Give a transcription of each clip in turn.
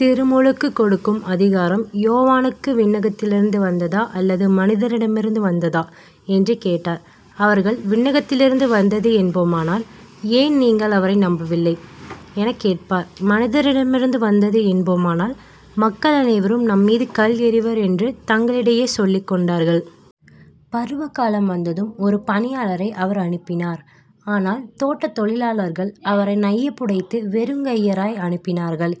திருமுழுக்குக் கொடுக்கும் அதிகாரம் யோவானுக்கு விண்ணகத்திலிருந்து வந்ததா அல்லது மனிதரிடமிருந்து வந்ததா? என்று கேட்டார். அவர்கள் விண்ணகத்திலிருந்து வந்தது என்போமானால் ஏன் நீங்கள் அவரை நம்பவில்லை? எனக் கேட்பார் மனிதரிடமிருந்து வந்தது என்போமானால் மக்கள் அனைவரும் நம்மீது கல் எறிவர் என்று தங்களிடையே சொல்லிக் கொண்டார்கள். பருவகாலம் வந்ததும் ஒரு பணியாளரை அவர் அனுப்பினார். ஆனால் தோட்டத் தொழிலாளர்கள் அவரை நையப்புடைத்து வெறுங்கையராய் அனுப்பினார்கள்.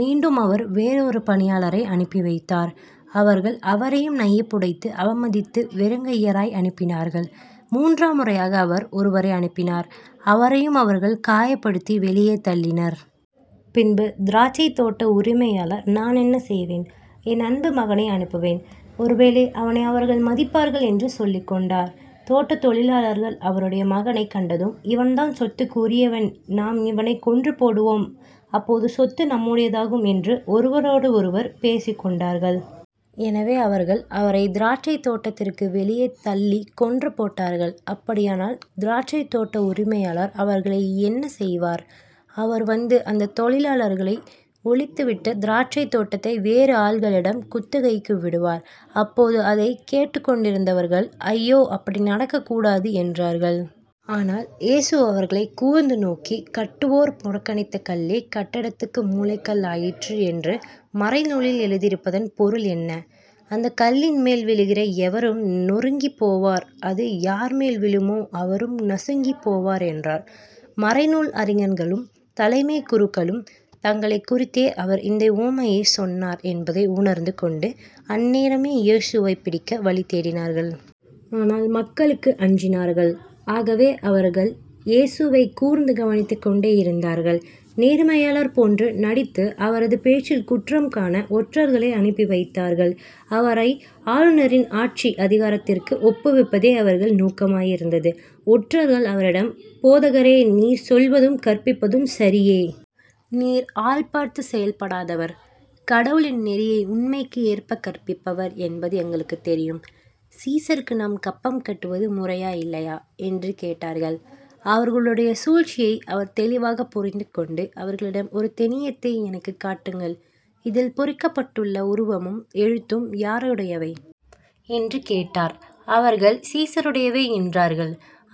மீண்டும் அவர் வேறு ஒரு பணியாளரை அனுப்பி வைத்தார். அவர்கள் அவரையும் நையப்புடைத்து அவமதித்து வெறுங்கையராய் அனுப்பினார்கள். மூன்றாம் முறையாக அவர் ஒருவரை அனுப்பினார். அவரையும் அவர்கள் காயப்படுத்தி வெளியே தள்ளினர். பின்பு திராட்சைத் தோட்ட உரிமையாளர் நான் என்ன செய்வேன்? என் அன்பு மகனை அனுப்புவேன். ஒருவேளை அவனை அவர்கள் மதிப்பார்கள் என்று சொல்லிக்கொண்டார். தோட்டத் தொழிலாளர்கள் அவருடைய மகனைக் கண்டதும் இவன்தான் சொத்துக்கு உரியவன் நாம் இவனைக் கொன்றுபோடுவோம். அப்போது சொத்து நம்முடையதாகும் என்று ஒருவரோடு ஒருவர் பேசிக் கொண்டார்கள். எனவே அவர்கள் அவரைத் திராட்சைத் தோட்டத்திற்கு வெளியே தள்ளிக் கொன்று போட்டார்கள். அப்படியானால் திராட்சைத் தோட்ட உரிமையாளர் அவர்களை என்ன செய்வார்? அவர் வந்து அந்தத் தொழிலாளர்களை ஒழித்து விட்டு திராட்சைத் தோட்டத்தை வேறு ஆள்களிடம் குத்தகைக்கு விடுவார். அப்போது அதைக் கேட்டுக்கொண்டிருந்தவர்கள் ஐயோ அப்படி நடக்கக் கூடாது என்றார்கள். ஆனால் இயேசு அவர்களைக் கூர்ந்து நோக்கி கட்டுவோர் புறக்கணித்த கல்லே கட்டடத்துக்கு மூலைக்கல் ஆயிற்று என்று மறைநூலில் எழுதியிருப்பதன் பொருள் என்ன? அந்தக் கல்லின் மேல் விழுகிற எவரும் நொறுங்கிப் போவார் அது யார்மேல் விழுமோ அவரும் நசுங்கிப்போவார் என்றார். மறைநூல் அறிஞர்களும் தலைமைக் குருக்களும் தங்களைக் குறித்தே அவர் இந்த உவமையைச் சொன்னார் என்பதை உணர்ந்து கொண்டு அந்நேரமே இயேசுவைப் பிடிக்க வழிதேடினார்கள். ஆனால் மக்களுக்கு அஞ்சினார்கள். ஆகவே அவர்கள் இயேசுவைக் கூர்ந்து கவனித்துக்கொண்டே இருந்தார்கள். நேர்மையாளர் போன்று நடித்து அவரது பேச்சில் குற்றம் காண ஒற்றர்களை அனுப்பி வைத்தார்கள் அவரை ஆளுநரின் ஆட்சி அதிகாரத்திற்கு ஒப்புவிப்பதே அவர்கள் நோக்கமாய் இருந்தது. ஒற்றர்கள் அவரிடம் போதகரே நீர் சொல்வதும் கற்பிப்பதும் சரியே. நீர் ஆள் பார்த்துச் செயல்படாதவர். கடவுளின் நெறியை உண்மைக்கு ஏற்பக் கற்பிப்பவர் என்பது எங்களுக்குத் தெரியும். சீசருக்கு நாம் கப்பம் கட்டுவது முறையா இல்லையா? என்று கேட்டார்கள் அவர்களுடைய சூழ்ச்சியை அவர் தெளிவாகப் புரிந்துகொண்டு அவர்களிடம் ஒரு தெனியத்தை எனக்குக் காட்டுங்கள் இதில் பொறிக்கப்பட்டுள்ள உருவமும் எழுத்தும் யாருடையவை? என்று கேட்டார். அவர்கள் சீசருடையவை என்றார்கள்.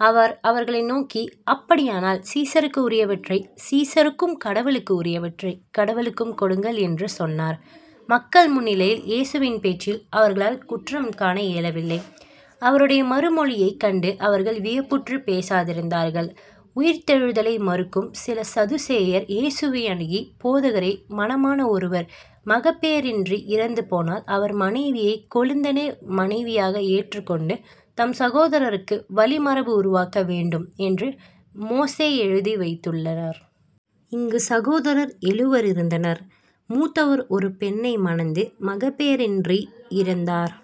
அவர் அவர்களை நோக்கி அப்படியானால் சீசருக்கு உரியவற்றைச் சீசருக்கும் கடவுளுக்கு உரியவற்றைக் கடவுளுக்கும் கொடுங்கள் என்று சொன்னார். மக்கள் முன்னிலையில் இயேசுவின் பேச்சில் அவர்களால் குற்றம் காண இயலவில்லை. அவருடைய மறுமொழியைக் கண்டு அவர்கள் வியப்புற்றுப் பேசாதிருந்தார்கள். உயிர்த்தெழுதலை மறுக்கும் சில சதுசேயர் இயேசுவை அணுகி போதகரே மணமான ஒருவர் மகப்பேறின்றி இறந்துபோனால் அவர் மனைவியைக் கொழுந்தனே மனைவியாக ஏற்றுக் கொண்டு தம் சகோதரருக்கு வழிமரபு உருவாக்க வேண்டும் என்று மோசே எழுதி வைத்துள்ளார். இங்குச் சகோதரர் எழுவர் இருந்தனர். மூத்தவர் ஒரு பெண்ணை மணந்து மகப்பேறின்றி இறந்தார்.